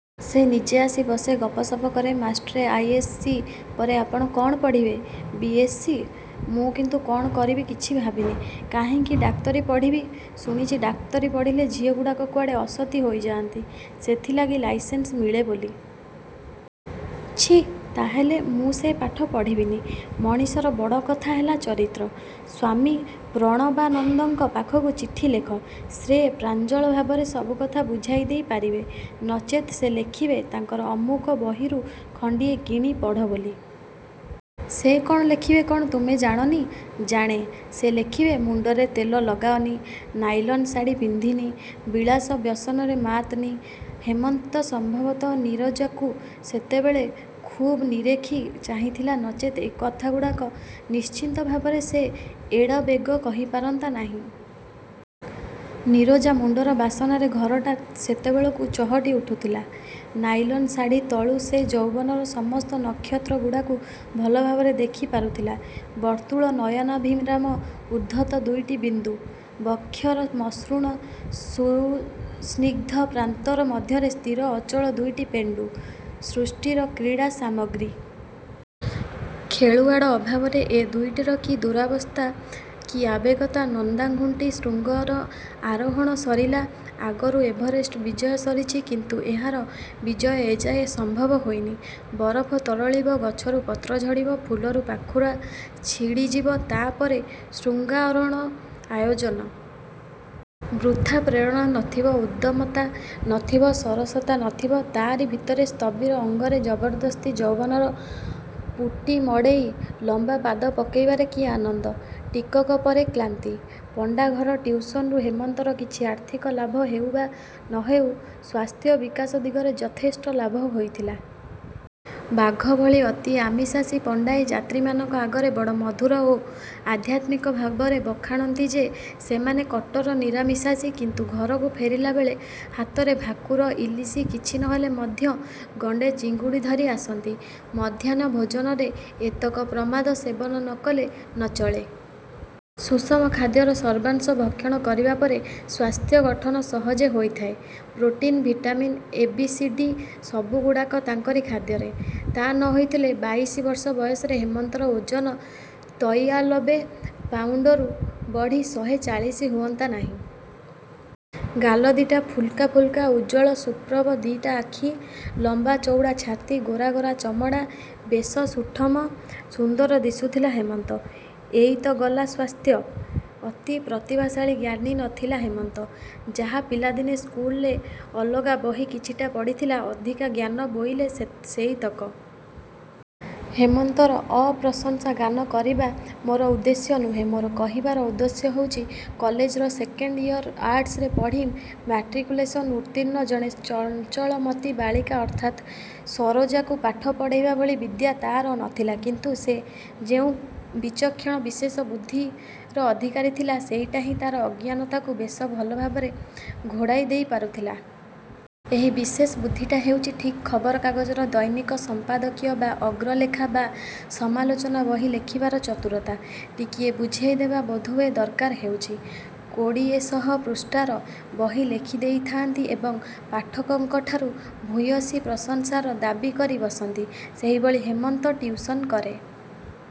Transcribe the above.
ସେ ନିଜେ ଆସି ବସେ, ଗପ ସପ କରେ ,ମାଷ୍ଟ୍ରେ ଆଇ. ଏସ୍. ସି. ପରେ ଆପଣ କ'ଣ ପଢ଼ିବେ? ବି. ଏସ୍. ସ। ମୁଁ କିନ୍ତୁ କ'ଣ କରିବି କିଛି ଭାବିନି। କାହିଁକି ଡାକ୍ତରୀ ପଢ଼ିବ। ଶୁଣିଚି, ଡାକ୍ତରୀ ପଢ଼ିଲେ, ଝିଅଗୁଡ଼ାକ କୁଆଡ଼େ ଅସତୀ ହୋଇଯାଆନ୍ତି, ସେଥିଲାଗି ଲାଇସେନ୍ସ ମିଳେ ବୋଲି। ଛି! ତାହାହେଲେ, ମୁଁ ସେ ପାଠ ପଢ଼ିବିନି। ମଣିଷର ବଡ଼ କଥା ହେଲା ଚରିତ୍ର | ସ୍ୱାମୀ ପ୍ରଣବାନନ୍ଦଙ୍କ ପାଖକୁ ଚିଠି ଲେଖ, ସେ ପ୍ରାଞ୍ଜଳ ଭାବରେ ସବୁ କଥା ବୁଝାଇ ଦେଇ ପାରିବେ। ନଚେତ ସେ ଲେଖିବେ, ତାଙ୍କର ଅମୁକ ବହିରୁ ଖଣ୍ଡିଏ କିଣି ପଢ଼ ବୋଲି। ସେ କ'ଣ ଲେଖିବେ କ'ଣ ତୁମେ ଜାଣନି? ଜାଣେ, ସେ ଲେଖିବେ, ମୁଣ୍ଡରେ ତେଲ ଲଗାଅନି, ନାଇଲନ ଶାଢ଼ି ପିନ୍ଧିନି, ବିଳାସ ବ୍ୟସନରେ ମାତନି। ହେମନ୍ତ ସମ୍ଭବତଃ ନିରୋଜାକୁ ସେତେବେଳ ଖୁବ୍ ନିରେଖି ଚାହିଁଥିଲା ନଚେତ୍ ଏ କଥାଗୁଡ଼ାକ ନିଶ୍ଚିନ୍ତ ଭାବରେ ସେ ଏଡ଼େବେଗ କହି ପାରନ୍ତା ନାହିଁ। ନିରୋଜା ମୁଣ୍ଡର ବାସନାରେ ଘରଟା ସେତେବେଳକୁ ଚହଟି ଉଠୁଥିଲା। ନାଇଲନ ଶାଢ଼ୀ ତଳୁ ସେ ଯୌବନର ସମସ୍ତ ନକ୍ଷତ୍ରଗୁଡ଼ାକୁ ଭଲ ଭାବରେ ଦେଖି ପାରୁଥିଲା। ବର୍ତ୍ତୁଳ ନୟନାଭିରାମ ଉଦ୍ଧତ ଦୁଇଟି ବିନ୍ଦୁ। ବକ୍ଷର ମସୃଣ ସୁସ୍ନିଗ୍ଧ ପ୍ରାନ୍ତର ମଧ୍ୟରେ ସ୍ଥିର ଅଚଳ ଦୁଇଟି ପେଣ୍ଡୁ। ସୃଷ୍ଟିର କ୍ରୀଡ଼ାସାମଗ୍ରୀ। ଖେଳୁଆଡ଼ ଅଭାବରେ ଏ ଦୁଇଟିର କି ଦୂରବସ୍ଥା କି ଆବେଗତା, ନନ୍ଦାଙ୍ଘୁଟି ଶୃଙ୍ଗର ଆରୋହଣ ସରିଲା, ଆଗରୁ ଏଭେରେଷ୍ଟ୍ ବିଜୟ ସରିଚି କିନ୍ତୁ ଏହାର ବିଜୟ ଏଯାଏଁ ସମ୍ଭବ ହୋଇନି। ବରଫତରଳିବ, ଗଛରୁ ପତ୍ର ଝଡ଼ିଯିବ, ଫୁଲରୁ ପାଖୁଡ଼ା ଝଡ଼ିଯିବ, ତା ପରେ ଶୃଙ୍ଗାରୋହଣର ଆୟୋଜନ? ବୃଥା ପ୍ରେରଣା ନଥିବ, ଉଦ୍ଦମତା ନ ଥିବ, ସରସତା ନଥିବ, ତାରି ଭିତରେ ସ୍ଥବିର ଅଙ୍ଗରେ ଜବରଦସ୍ତି ଯୌବନର ପୁଟି ମଡ଼େଇ ଲମ୍ବା ପାଦ ପକେଇବାରେ କି ଆନନ୍ଦ। ଟିକକ ପରେ କ୍ଲାନ୍ତି। ପଣ୍ଡା ଘର ଟିଉସନରୁ ହେମନ୍ତର କିଛି ଆର୍ଥିକ ଲାଭ ହେଉ ବା ନହେଉ, ସ୍ୱାସ୍ଥ୍ୟ ବିକାଶ ଦିଗରେ ଯଥେଷ୍ଟ ଲାଭ ହୋଇଥିଲା। ବାଘ ଭଳି ଅତି ଆମିଷାଶୀ ପଣ୍ଡାଏ, ଯାତ୍ରୀମାନଙ୍କ ଆଗରେ ବଡ଼ ମଧୁର ଓ ଅଧ୍ୟାତ୍ମିକ ଭାବରେ ବଖାଣନ୍ତି ଯେ, ସେମାନେ କଟ୍ଟର ନିରାମିଷାଶୀ କିନ୍ତୁ ଘରକୁ ଫେରିଲାବେଳେ ହାତରେ ଭାକୁର, ଇଲିସ କିଛି ନହେଲେ ମଧ୍ୟ ଗଣ୍ଡେ ଚିଙ୍ଗୁଡ଼ି ଧରି ଆସନ୍ତି। ମଧ୍ୟାହ୍ନ ଭୋଜନରେ ଏତକ ପ୍ରମାଦ ସେବନ ନ କଲେ ନ ଚଳେ। ସୁଷମ ଖାଦ୍ୟର ସର୍ବାଂଶ ଭକ୍ଷଣ କରିବା ପରେ ସ୍ୱାସ୍ଥ୍ୟଗଠନ ସହଜେ ହୋଇ ଥାଏ। Protein, vitamin, A. B. C. D ସବୁଗୁଡ଼ାକ ତାଙ୍କରି ଖାଦ୍ୟରେ। ତା'ନହୋଇ ଥିଲେ, ବାଇସି ବର୍ଷ ବୟସରେ ହେମନ୍ତର ଓଜନ ତୈଇଆଲବେ ପାଉଣ୍ଡରୁ ବଢ଼ି ଶହେ ଚଳିଶି ହୁଅନ୍ତା ନାହିଁ। ଗାଲ ଦିଇଟା ଫୁଲକା ଫୁଲକା, ଉଜ୍ଜ୍ୱଳ ସୁପ୍ରଭ ଦିଇଟା ଆଖି, ଲମ୍ବା ଚଉଡ଼ାଛାତି, ଗୋରା ଗୋରା ଚମଡ଼ା। ବେଶ ସୁଠମ ସୁନ୍ଦର ଦିଶୁଥିଲା ହେମନ୍ତ। ଏଇତ ଗଲା ସ୍ୱାସ୍ଥ୍ୟ! ଅତି ପ୍ରତିଭାଶାଳୀ ଜ୍ଞାନୀ ନଥିଲା ହେମନ୍ତ। ଯାହା ପିଲାଦିନେ ସ୍କୁଲରେ ଅଲଗା ବହି କିଛିଟା ପଢ଼ିଥିଲା, ଅଧିକା ଜ୍ଞାନ ବୋଇଲେ ସେଇତକ। ହେମନ୍ତର ଅପ୍ରଶଂସା ଗାନ କରିବା ମୋର ଉଦ୍ଦେଶ୍ୟ ନୁହେଁ। ମୋର କହିବାର ଉଦ୍ଦେଶ୍ୟ ହେଉଛି, କଲେଜର ସେକେଣ୍ଡ ଇଅର ଆର୍ଟସରେ ପଢ଼ି, ମାଟ୍ରିକୁଂଲେସନ ଉତ୍ତୀର୍ଣ୍ଣ ଜଣେ ଚଞ୍ଚଳମତି ବାଳିକା ଅର୍ଥାତ୍ ସରୋଜାକୁ ପାଠ ପଢ଼େଇବା ଭଳି ବିଦ୍ୟା ତାର ନଥିଲା କିନ୍ତୁ ସେ ଯେଉଁ ବିଚକ୍ଷଣ ବିଶେଷ ବୁଦ୍ଧିର ଅଧିକାରୀ ଥିଲା, ସେଇଟାହିଁ ତାର ଅଜ୍ଞାନତାକୁ ବେଶ ଭଲ ଭାବରେ ଘୋଡ଼ାଇ ଦେଇ ପାରୁଥିଲା। ଏହି ବିଶେଷ ବୁଦ୍ଧିଟା ହେଉଚି ଠିକ୍ ଖବର କାଗଜର ଦୈନିକ ସଂପାଦକୀୟ ବା ଅଗ୍ରଲେଖା ବା ସମାଲୋଚନା ବହି ଲେଖିବାର ଚତୁରତା। ଟିକିଏ ବୁଝେଇଦେବା ବୋଧହୁଏ ଦରକାର ହେଉଚି। କୋଡିଏଶହ ପୃଷ୍ଠାର ବହି ଲେଖି ଦେଇ ଥାଆନ୍ତି ଏବଂ ପାଠକଙ୍କଠାରୁ "ଭୂୟସୀ ପ୍ରଶଂସା"ର ଦାବୀ କରି ବସନ୍ତି, ସେହିଭଳି ହେମନ୍ତ ଟିଉସନ କରେ।